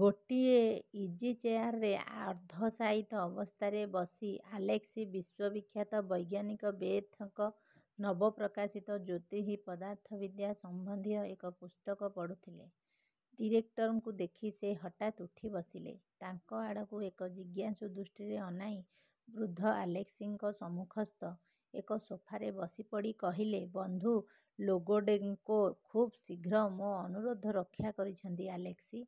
ଗୋଟିଏ ଇଜିଚେୟାରରେ ଅର୍ଦ୍ଧଶାୟିତ ଅବସ୍ଥାରେ ବସି ଆଲେସ୍କି ବିଶ୍ୱବିଖ୍ୟାତ ବୈଜ୍ଞାନିକ ବେଥେଙ୍କ ନବ ପ୍ରକାଶିତ ଜ୍ୟୋତିଃ-ପଦାର୍ଥବିଦ୍ୟା ସମ୍ୱନ୍ଧୀୟ ଏକ ପୁସ୍ତକ ପଢ଼ୁଥିଲେ। ଡିରେକ୍ଟରଙ୍କୁ ଦେଖି ସେ ହଠାତ୍ ଉଠି ବସିଲେ। ତାଙ୍କ ଆଡ଼କୁ ଏକ ଜିଜ୍ଞାସୁ ଦୃଷ୍ଟିରେ ଅନାଇ, ବୃଦ୍ଧ ଆଲେସ୍କିଙ୍କ ସମ୍ମୁଖସ୍ଥ ଏକ ସୋଫାରେ ବସିପଡ଼ି କହିଲେ, ''ବନ୍ଧୁ ଲୋଗୋଡ଼େଙ୍କୋ ଖୁବ୍ ଶୀଘ୍ର ମୋ ଅନୁରୋଧ ରକ୍ଷା କରିଛନ୍ତି ଆଲେସ୍କି!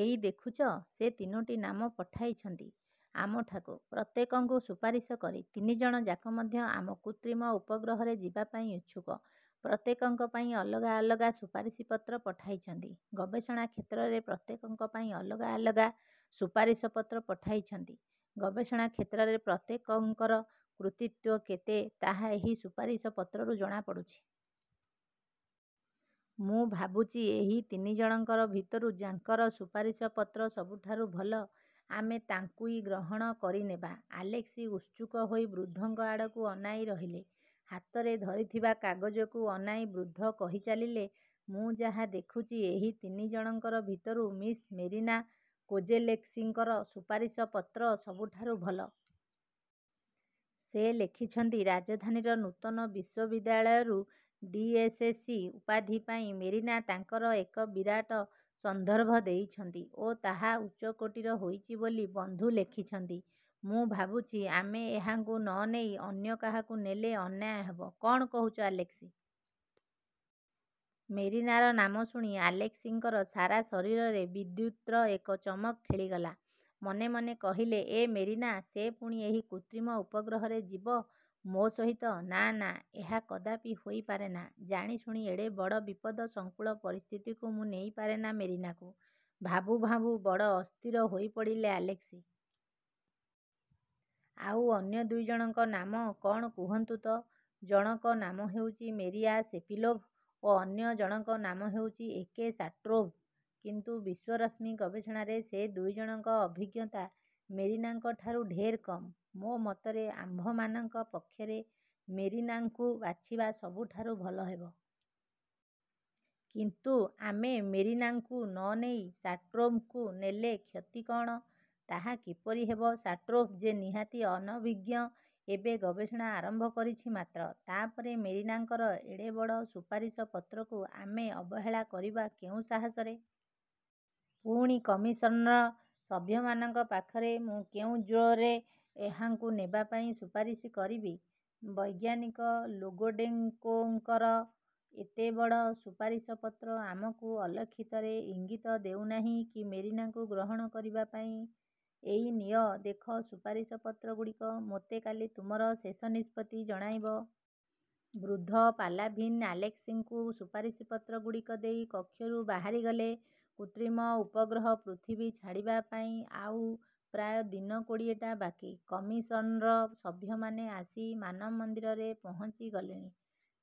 ଏଇ ଦେଖୁଛ, ସେ ତିନୋଟି ନାମ ପଠାଇଛନ୍ତି ଆମଠାକୁ ପ୍ରତ୍ୟେକଙ୍କୁ ସୁପାରିଶ କରି। ତିନିଜଣ ଯାକ ମଧ୍ୟ ଆମ କୃତ୍ରିମ ଉପଗ୍ରହରେ ଯିବାପାଇଁ ଇଛୁକ। ପ୍ରତ୍ୟେକଙ୍କ ପାଇଁ ଅଲଗା ଅଲଗା ସୁପାରିଶପତ୍ର ପଠାଇଛନ୍ତି। ଗବେଷଣା କ୍ଷେତ୍ରରେ ପ୍ରତ୍ୟେକଙ୍କ ପାଇଁ ଅଲଗା ଅଲଗା ସୁପାରିଶପତ୍ର ପଠାଇଛନ୍ତି। ଗବେଷଣା କ୍ଷେତ୍ରରେ ପ୍ରତ୍ୟେକଙ୍କର କୃତିତ୍ୱ କେତେ ତାହା ଏହି ସୁପାରିଶପତ୍ରରୁ ଜଣାପଡ଼ୁଛି। ମୁଁ ଭାବୁଛି, ଏଇ ତିନିଜଣଙ୍କ ଭିତରୁ ଯା'ଙ୍କର ସୁପାରିଶପତ୍ର ସବୁଠାରୁ ଭଲ, ଆମେ ତାଙ୍କୁଇ ଗ୍ରହଣ କରିନେବା। '' ଆଲେସ୍କି ଉତ୍ସୁକ ହୋଇ ବୃଦ୍ଧଙ୍କ ଆଡ଼କୁ ଅନାଇ ରହିଲେ। ହାତରେ ଧରିଥିବା କାଗଜକୁ ଅନାଇ ବୃଦ୍ଧ କହିଚାଲିଲେ, ''ମୁଁ ଯାହା ଦେଖୁଛି ଏହି ତିନିଜଣଙ୍କ ଭିତରୁ ମିସ୍ ମେରିନା କୋଜେଲେସ୍କିଙ୍କର ସୁପାରିଶପତ୍ର ସବୁଠାରୁ ଭଲ। ସେ ଲେଖିଛନ୍ତି ରାଜଧାନୀର ନୂତନ ବିଶ୍ୱବିଦ୍ୟାଳୟରୁ ଡି. ଏସସି. ଉପାଧି ପାଇଁ ମେରିନା ତାଙ୍କର ଏକ ବିରାଟ ସନ୍ଦର୍ଭ ଦେଇଛନ୍ତି ଓ ତାହା ଉଚ୍ଚକୋଟୀର ହୋଇଛି ବୋଲି ବନ୍ଧୁ ଲେଖିଛନ୍ତି। ମୁଁ ଭାବୁଛି, ଆମେ ଏହାଙ୍କୁ ନ ନେଇ ଅନ୍ୟକାହାକୁ ନେଲେ ଅନ୍ୟାୟ ହେବ। କ'ଣ କହୁଛ ଆଲେସ୍କି? '' ମେରିନାର ନାମ ଶୁଣି ଆଲେସ୍କିଙ୍କର ସାରା ଶରୀରରେ ବିଦ୍ୟୁତ୍ର ଏକ ଚମକ ଖେଳିଗଲା। ମନେ ମନେ କହିଲେ, ''ଏଁ ମେରିନା? ସେ ପୁଣି ଏଇ କୃତ୍ରିମ ଉପଗ୍ରହରେ ଯିବ, ମୋ ସହିତ? ନା, ନା, ଏହା କଦାପି ହୋଇ ପାରେନା। ଜାଣିଶୁଣି ଏଡ଼େ ବଡ଼ ବିପଦ-ସଂକୁଳ ପରିସ୍ଥିତିକୁ ମୁଁ ନେଇ ପାରେନା ମେରିନାକୁ''-ଭାବୁଁ ଭାବୁଁ ବଡ଼ ଅସ୍ଥିର ହୋଇପଡ଼ିଲେ ଆଲେସ୍କି। ''ଆଉ ଅନ୍ୟ ଦୁଇଜଣଙ୍କ ନାମ କ'ଣ କହନ୍ତୁ ତ? '' ''ଜଣକ ନାମ ହେଉଛି ମେରିଆ ସେପିଲୋଭ ଓ ଅନ୍ୟ ଜଣକ ନାମ ହେଉଛି ଏ. କେ. ଶାଟ୍ରୋଭ। କିନ୍ତୁ ବିଶ୍ୱରଶ୍ମି ଗବେଷଣାରେ ସେ ଦୁଇଜଣଙ୍କ ଅଭିଜ୍ଞତା ମେରିନାଙ୍କଠାରୁ ଢେର୍ କମ୍। ମୋ ମତରେ ଆମ୍ଭମାନଙ୍କ ପକ୍ଷରେ ମେରିନାଙ୍କୁ ବାଛିବା ସବୁଠାରୁ ଭଲ ହେବ। '' ''କିନ୍ତୁ ଆମେ ମେରିନାଙ୍କୁ ନ ନେଇ ଶାଟ୍ରୋଭଙ୍କୁ ନେଲେ କ୍ଷତି କଅଣ? '' ''ତା କିପରି ହେବ? ଶାଟ୍ରୋଭ ଯେ ନିହାତି ଅନଭିଜ୍ଞ; ଏବେ ଗବେଷଣା ଆରମ୍ଭ କରିଛି ମାତ୍ର। ତା'ପରେ ମେରିନାଙ୍କର ଏଡ଼େ ବଡ଼ ସୁପାରିଶପତ୍ରକୁ ଆମେ ଅବହେଳା କରିବା କେଉଁ ସାହସରେ? ପୁଣି କମିଶନ୍ର ସଭ୍ୟମାନଙ୍କ ପାଖରେ ମୁଁ କେଉଁ ଜୋର୍ରେ ଏହାଙ୍କୁ ନେବା ପାଇଁ ସୁପାରିଶ କରିବି? ବୈଜ୍ଞାନିକ ଲୋଗୋଡ଼େଙ୍କୋଙ୍କର ଏତେ ବଡ଼ ସୁପାରିଶପତ୍ର ଆମକୁ ଅଲକ୍ଷିତରେ ଇଙ୍ଗିତ ଦେଉନାହିଁ କି ମେରିନାକୁ ଗ୍ରହଣ କରିବା ପାଇଁ? ଏଇ ନିଅ, ଦେଖ ସୁପାରିଶପତ୍ରଗୁଡ଼ିକ। ମୋତେ କାଲି ତୁମର ଶେଷ ନିଷ୍ପତ୍ତି ଜଣାଇବ। '' ବୃଦ୍ଧ ପାଲାଭିନ୍ ଆଲେସ୍କିଙ୍କୁ ସୁପାରିଶପତ୍ରଗୁଡ଼ିକ ଦେଇ କକ୍ଷରୁ ବାହାରିଗଲେ। କୃତ୍ରିମ ଉପଗ୍ରହ ପୃଥିବୀ ଛାଡ଼ିବା ପାଇଁ ଆଉ ପ୍ରାୟ ଦିନ କୋଡ଼ିଏଟା ବାକି। କମିଶନ୍ର ସଭ୍ୟମାନେ ଆସି ମାନମନ୍ଦିରରେ ପହଞ୍ଚିଗଲେଣି।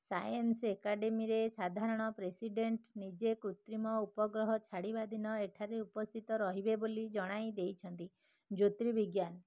ସାଏନ୍ସ ଏକାଡ଼େମୀରେ ସାଧାରଣ ପ୍ରେସିଡ଼େଣ୍ଟ ନିଜେ କୃତ୍ରିମ ଉପଗ୍ରହ ଛାଡ଼ିବା ଦିନ ଏଠାରେ ଉପସ୍ଥିତ ରହିବେ ବୋଲି ଜଣାଇ ଦେଇଛନ୍ତି। ଜ୍ୟୋତିର୍ବିଜ୍ଞାନ